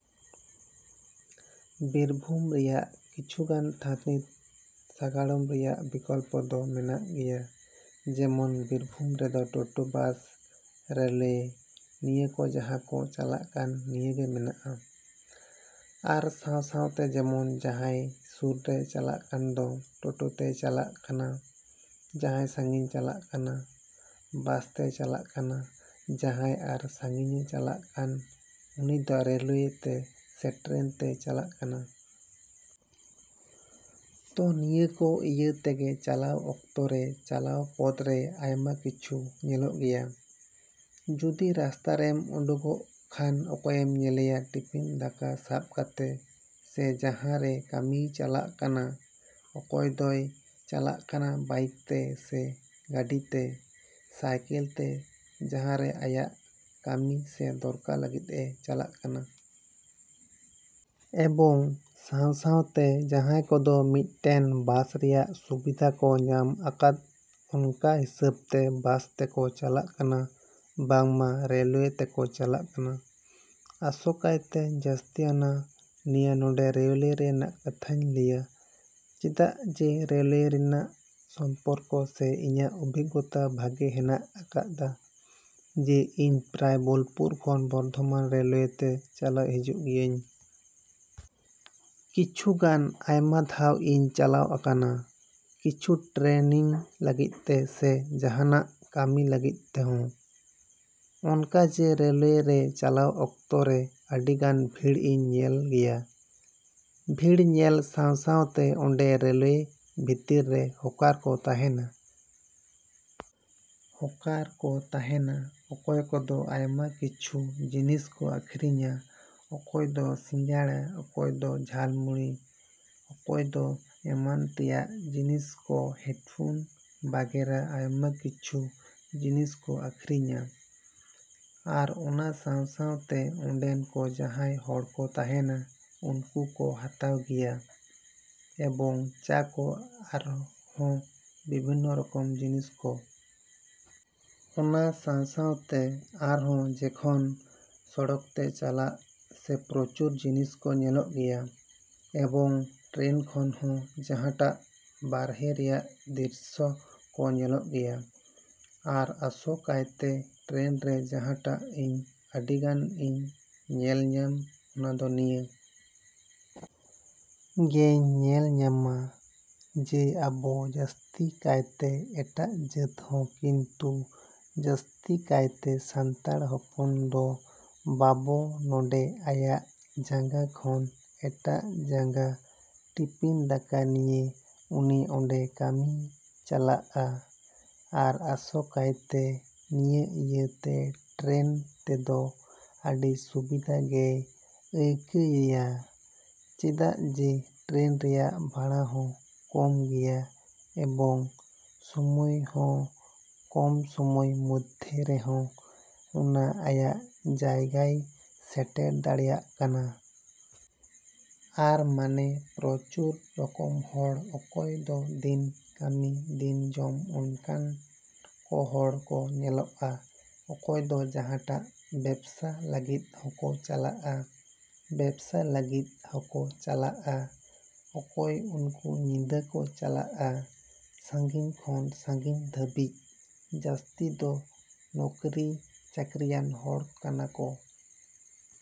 ᱵᱤᱨᱵᱷᱩᱢ ᱨᱮᱭᱟᱜ ᱠᱤᱪᱷᱩ ᱜᱟᱱ ᱛᱷᱟᱱᱤᱛ ᱥᱟᱜᱟᱲᱚᱢ ᱨᱮᱭᱟᱜ ᱵᱤᱠᱚᱞᱯᱚ ᱫᱚ ᱢᱮᱱᱟᱜ ᱜᱮᱭᱟ ᱡᱮᱢᱚᱱ ᱵᱤᱨᱵᱷᱩᱢ ᱨᱮᱫᱚ ᱴᱳᱴᱳ ᱵᱟᱥ ᱨᱮᱞᱳᱣᱮ ᱱᱤᱭᱟᱹ ᱠᱚ ᱡᱟᱦᱟᱸ ᱠᱚ ᱪᱟᱞᱟᱜ ᱠᱟᱱ ᱱᱤᱭᱟᱹᱜᱮ ᱢᱮᱱᱟᱜᱼᱟ᱾ ᱟᱨ ᱥᱟᱶ ᱥᱟᱶᱛᱮ ᱡᱮᱢᱚᱱ ᱡᱟᱦᱟᱸᱭ ᱥᱩᱨᱮ ᱪᱟᱞᱟᱜ ᱠᱟᱱ ᱫᱚ ᱴᱳᱴᱳ ᱛᱮᱭ ᱪᱟᱞᱟᱜ ᱠᱟᱱᱟ ᱡᱟᱦᱟᱸᱭ ᱥᱟᱹᱜᱤᱧᱮ ᱪᱟᱞᱟᱜ ᱠᱟᱱᱟ ᱵᱟᱥ ᱛᱮᱭ ᱪᱟᱞᱟᱜ ᱠᱟᱱᱟ ᱡᱟᱦᱟᱸᱭ ᱟᱨ ᱥᱟᱹᱜᱤᱧᱮ ᱪᱟᱞᱟᱜ ᱠᱟᱱ ᱩᱱᱤ ᱫᱚ ᱨᱮᱞᱳᱭᱮ ᱛᱮ ᱥᱮ ᱴᱨᱮᱱ ᱛᱮᱭ ᱪᱟᱞᱟᱜ ᱠᱟᱱᱟ᱾ ᱛᱚ ᱱᱤᱭᱟᱹ ᱠᱚ ᱤᱭᱟᱹ ᱛᱮᱜᱮ ᱪᱟᱞᱟᱣ ᱚᱠᱛᱚ ᱨᱮ ᱪᱟᱞᱟᱣ ᱯᱚᱫᱽ ᱨᱮ ᱟᱭᱢᱟ ᱠᱤᱪᱷᱩ ᱧᱮᱞᱚᱜ ᱜᱮᱭᱟ᱾ ᱡᱩᱫᱤ ᱨᱟᱥᱛᱟ ᱨᱮᱢ ᱳᱰᱩᱠᱚᱜ ᱠᱷᱟᱱ ᱚᱠᱚᱭᱮᱢ ᱧᱮᱞᱮᱭᱟ ᱴᱤᱯᱷᱤᱱ ᱫᱟᱠᱟ ᱥᱟᱵ ᱠᱟᱛᱮ ᱥᱮ ᱡᱟᱦᱟᱸ ᱨᱮ ᱠᱟᱹᱢᱤᱭ ᱪᱟᱞᱟᱜ ᱠᱟᱱᱟ ᱚᱠᱚᱭ ᱫᱚᱭ ᱪᱟᱞᱟᱜ ᱠᱟᱱᱟ ᱵᱟᱭᱤᱠ ᱛᱮ ᱥᱮ ᱜᱟᱹᱰᱤ ᱛᱮ ᱥᱟᱭᱠᱮᱹᱞ ᱛᱮ ᱡᱟᱦᱟᱸ ᱨᱮ ᱟᱭᱟᱜ ᱠᱟᱹᱢᱤ ᱥᱮ ᱫᱚᱨᱠᱟᱨ ᱞᱟᱹᱜᱤᱫ ᱮ ᱪᱟᱞᱟᱜ ᱠᱟᱱᱟ᱾ ᱮᱵᱚᱝ ᱥᱟᱶ ᱥᱟᱶᱛᱮ ᱡᱟᱦᱟᱸᱭ ᱠᱚᱫᱚ ᱢᱤᱫ ᱴᱮᱱ ᱵᱟᱥ ᱨᱮᱭᱟᱜ ᱥᱩᱵᱤᱫᱷᱟ ᱠᱚ ᱧᱟᱢ ᱟᱠᱟᱫ ᱚᱱᱠᱟ ᱦᱤᱥᱟᱹᱵᱽ ᱛᱮ ᱵᱟᱥ ᱛᱮᱠᱚ ᱪᱟᱞᱟᱜ ᱠᱟᱱᱟ ᱵᱟᱝᱢᱟ ᱨᱮᱞᱳᱣᱮ ᱛᱮᱠᱚ ᱪᱟᱞᱟᱜ ᱠᱟᱱᱟ᱾ ᱟᱥᱚᱠᱟᱭᱛᱮ ᱡᱟᱹᱥᱛᱤ ᱟᱱᱟ ᱱᱤᱭᱮ ᱱᱚᱸᱰᱮ ᱨᱮᱞᱳᱣᱮ ᱨᱮᱱᱟᱜ ᱠᱟᱛᱷᱟᱧ ᱞᱟᱹᱭᱟ ᱪᱮᱫᱟᱜ ᱡᱮ ᱨᱮᱞᱳᱣᱮ ᱨᱮᱱᱟᱜ ᱥᱚᱢᱯᱚᱨᱠᱚ ᱥᱮ ᱤᱧᱟᱜ ᱚᱵᱷᱤᱜᱽᱜᱚᱛᱟ ᱵᱷᱟᱜᱮ ᱦᱮᱱᱟᱜ ᱟᱠᱟᱫᱟ ᱡᱮ ᱤᱧ ᱯᱨᱟᱭ ᱵᱳᱞᱯᱩᱨ ᱠᱷᱚᱱ ᱵᱚᱨᱫᱚᱢᱟᱱ ᱨᱮᱞᱳᱣᱮ ᱛᱮ ᱪᱟᱞᱟᱜ ᱦᱤᱡᱩᱜ ᱜᱮᱭᱟᱹᱧ᱾ ᱠᱤᱪᱷᱩ ᱜᱟᱱ ᱟᱭᱢᱟ ᱫᱷᱟᱣ ᱤᱧ ᱪᱟᱞᱟᱣ ᱟᱠᱟᱱᱟ ᱠᱤᱪᱷᱩ ᱴᱨᱮᱱᱤᱝ ᱞᱟᱹᱜᱤᱫ ᱛᱮ ᱥᱮ ᱡᱟᱦᱟᱱᱟᱜ ᱠᱟᱹᱢᱤ ᱞᱟᱹᱜᱤᱫ ᱛᱮᱦᱚᱸ᱾ ᱚᱱᱠᱟ ᱡᱮ ᱨᱮᱞᱳᱣᱮ ᱨᱮ ᱪᱟᱞᱟᱣ ᱚᱠᱛᱚ ᱨᱮ ᱟᱹᱰᱤ ᱜᱟᱱ ᱵᱷᱤᱲ ᱤᱧ ᱧᱮᱞ ᱜᱮᱭᱟ᱾ ᱵᱷᱤᱲ ᱧᱮᱞ ᱥᱟᱶ ᱥᱟᱶᱛᱮ ᱚᱸᱰᱮ ᱨᱮᱞᱳᱣᱮ ᱵᱷᱤᱛᱨᱤ ᱨᱮ ᱦᱚᱠᱟᱨ ᱠᱚ ᱛᱟᱦᱮᱱᱟ᱾ ᱦᱚᱠᱟᱨ ᱠᱚ ᱛᱟᱦᱮᱱᱟ ᱚᱠᱚᱭ ᱠᱚᱫᱚ ᱟᱭᱢᱟ ᱠᱤᱪᱷᱩ ᱡᱤᱱᱤᱥ ᱠᱚ ᱟᱹᱠᱷᱨᱤᱧᱟ ᱚᱠᱚᱭ ᱫᱚ ᱥᱤᱸᱜᱟᱲᱟ ᱚᱠᱚᱭ ᱫᱚ ᱡᱷᱟᱞ ᱢᱩᱲᱤ ᱚᱠᱚᱭ ᱫᱚ ᱮᱢᱟᱱ ᱛᱮᱭᱟᱜ ᱡᱤᱱᱤᱥ ᱠᱚ ᱦᱮᱰᱯᱷᱳᱱ ᱵᱟᱜᱮᱨᱟ ᱟᱭᱢᱟ ᱠᱤᱪᱷᱩ ᱡᱤᱱᱤᱥ ᱠᱚ ᱟᱹᱠᱷᱨᱤᱧᱟ᱾ ᱟᱨ ᱚᱱᱟ ᱥᱟᱶ ᱥᱟᱶᱛᱮ ᱚᱸᱰᱮᱱ ᱠᱚ ᱡᱟᱦᱟᱸᱭ ᱦᱚᱲ ᱠᱚ ᱛᱟᱦᱮᱱᱟ ᱩᱱᱠᱩ ᱠᱚ ᱦᱟᱛᱟᱣ ᱜᱮᱭᱟ ᱮᱵᱚᱝ ᱪᱟ ᱠᱚ ᱟᱨᱦᱚᱸ ᱵᱤᱵᱷᱤᱱᱱᱚ ᱨᱚᱠᱚᱢ ᱡᱤᱱᱤᱥ ᱠᱚ᱾ ᱚᱱᱟ ᱥᱟᱶ ᱥᱟᱶᱛᱮ ᱟᱨᱦᱚᱸ ᱡᱮᱠᱷᱚᱱ ᱥᱚᱲᱚᱠ ᱛᱮ ᱪᱟᱞᱟᱜ ᱥᱮ ᱯᱨᱚᱪᱩᱨ ᱡᱤᱱᱤᱥ ᱠᱚ ᱧᱮᱞᱚᱜ ᱜᱮᱭᱟ ᱮᱵᱚᱝ ᱴᱨᱮᱱ ᱠᱷᱚᱱ ᱦᱚᱸ ᱡᱟᱦᱟᱸᱴᱟᱜ ᱵᱟᱨᱦᱮ ᱨᱮᱭᱟᱜ ᱫᱨᱤᱥᱥᱚ ᱠᱚ ᱧᱮᱞᱚᱜ ᱜᱮᱭᱟ᱾ ᱟᱨ ᱟᱥᱚ ᱠᱟᱭᱛᱮ ᱴᱨᱮᱱ ᱨᱮ ᱡᱟᱦᱟᱸᱴᱟᱜ ᱤᱧ ᱟᱹᱰᱤ ᱜᱟᱱ ᱤᱧ ᱧᱮᱞ ᱧᱟᱢ ᱚᱱᱟ ᱫᱚ ᱱᱤᱭᱟ. ᱜᱤᱧ ᱧᱮᱞ ᱧᱟᱢᱟ ᱡᱮ ᱟᱵᱚ ᱡᱟᱹᱥᱛᱤ ᱠᱟᱭᱛᱮ ᱮᱴᱟᱜ ᱡᱟᱹᱛ ᱦᱚᱸ ᱠᱤᱱᱛᱩ ᱡᱟᱹᱥᱛᱤ ᱠᱟᱭ ᱛᱮ ᱥᱟᱱᱛᱟᱲ ᱦᱚᱯᱚᱱ ᱫᱚ ᱵᱟᱵᱚ ᱱᱚᱰᱮ ᱟᱭᱟᱜ ᱡᱟᱸᱜᱟ ᱠᱷᱚᱱ ᱮᱴᱟᱜ ᱡᱟᱸᱜᱟ ᱴᱤᱯᱤᱱ ᱫᱟᱠᱟ ᱱᱤᱭᱮ ᱩᱱᱤ ᱚᱰᱮ ᱠᱟᱹᱢᱤᱭ ᱪᱟᱞᱟᱜᱼᱟ᱾ ᱟᱨ ᱟᱥᱚᱠᱟᱭᱛᱮ ᱱᱤᱭᱟᱹ ᱤᱭᱟᱹ ᱛᱮ ᱴᱨᱮᱱ ᱛᱮᱫᱚ ᱟᱹᱰᱤ ᱥᱩᱵᱤᱫᱟ ᱜᱮᱭ ᱟᱹᱭᱠᱟᱹᱣᱮᱭᱟ ᱪᱮᱫᱟᱜ ᱡᱮ ᱴᱨᱮᱱ ᱨᱮᱭᱟᱜ ᱵᱷᱟᱲᱟ ᱦᱚᱸ ᱠᱚᱢ ᱜᱮᱭᱟ ᱮᱵᱚᱝ ᱥᱳᱢᱳᱭ ᱦᱚᱸ ᱠᱚᱢ ᱥᱳᱢᱳᱭ ᱢᱚᱫᱽᱫᱷᱮ ᱨᱮᱦᱚᱸ ᱚᱱᱟ ᱟᱭᱟᱜ ᱡᱟᱭᱜᱟᱭ ᱥᱮᱴᱮᱨ ᱫᱟᱲᱮᱭᱟᱜ ᱠᱟᱱᱟ᱾ ᱟᱨ ᱢᱟᱱᱮ ᱯᱨᱚᱪᱩᱨ ᱨᱚᱠᱚᱢ ᱦᱚᱲ ᱚᱠᱚᱭ ᱫᱚ ᱫᱤᱱ ᱠᱟᱹᱢᱤ ᱫᱤᱱ ᱡᱚᱢ ᱚᱱᱠᱟᱱ ᱠᱚ ᱦᱚᱲ ᱠᱚ ᱧᱮᱞᱚᱜᱼᱟ ᱚᱠᱚᱭ ᱫᱚ ᱡᱟᱦᱟᱴᱟᱜ ᱵᱮᱵᱽᱥᱟ ᱞᱟᱹᱜᱤᱫ ᱦᱚᱸᱠᱚ ᱪᱟᱞᱟᱜᱼᱟ ᱵᱮᱵᱽᱥᱟ ᱞᱟᱹᱜᱤᱫ ᱦᱚᱠᱚ ᱪᱟᱞᱟᱜᱼᱟ ᱚᱠᱚᱭ ᱩᱱᱠᱩ ᱧᱤᱫᱟᱹ ᱠᱚ ᱪᱟᱞᱟᱜ-ᱟ ᱥᱟᱺᱜᱤᱧ ᱠᱷᱚᱱ ᱥᱟᱺᱜᱤᱧ ᱫᱷᱟᱵᱤᱡᱽ ᱡᱟᱥᱛᱤ ᱫᱚ ᱱᱩᱠᱨᱤ ᱪᱟᱠᱨᱤᱭᱟᱱ ᱦᱚᱲ ᱠᱟᱱᱟ ᱠᱚ᱾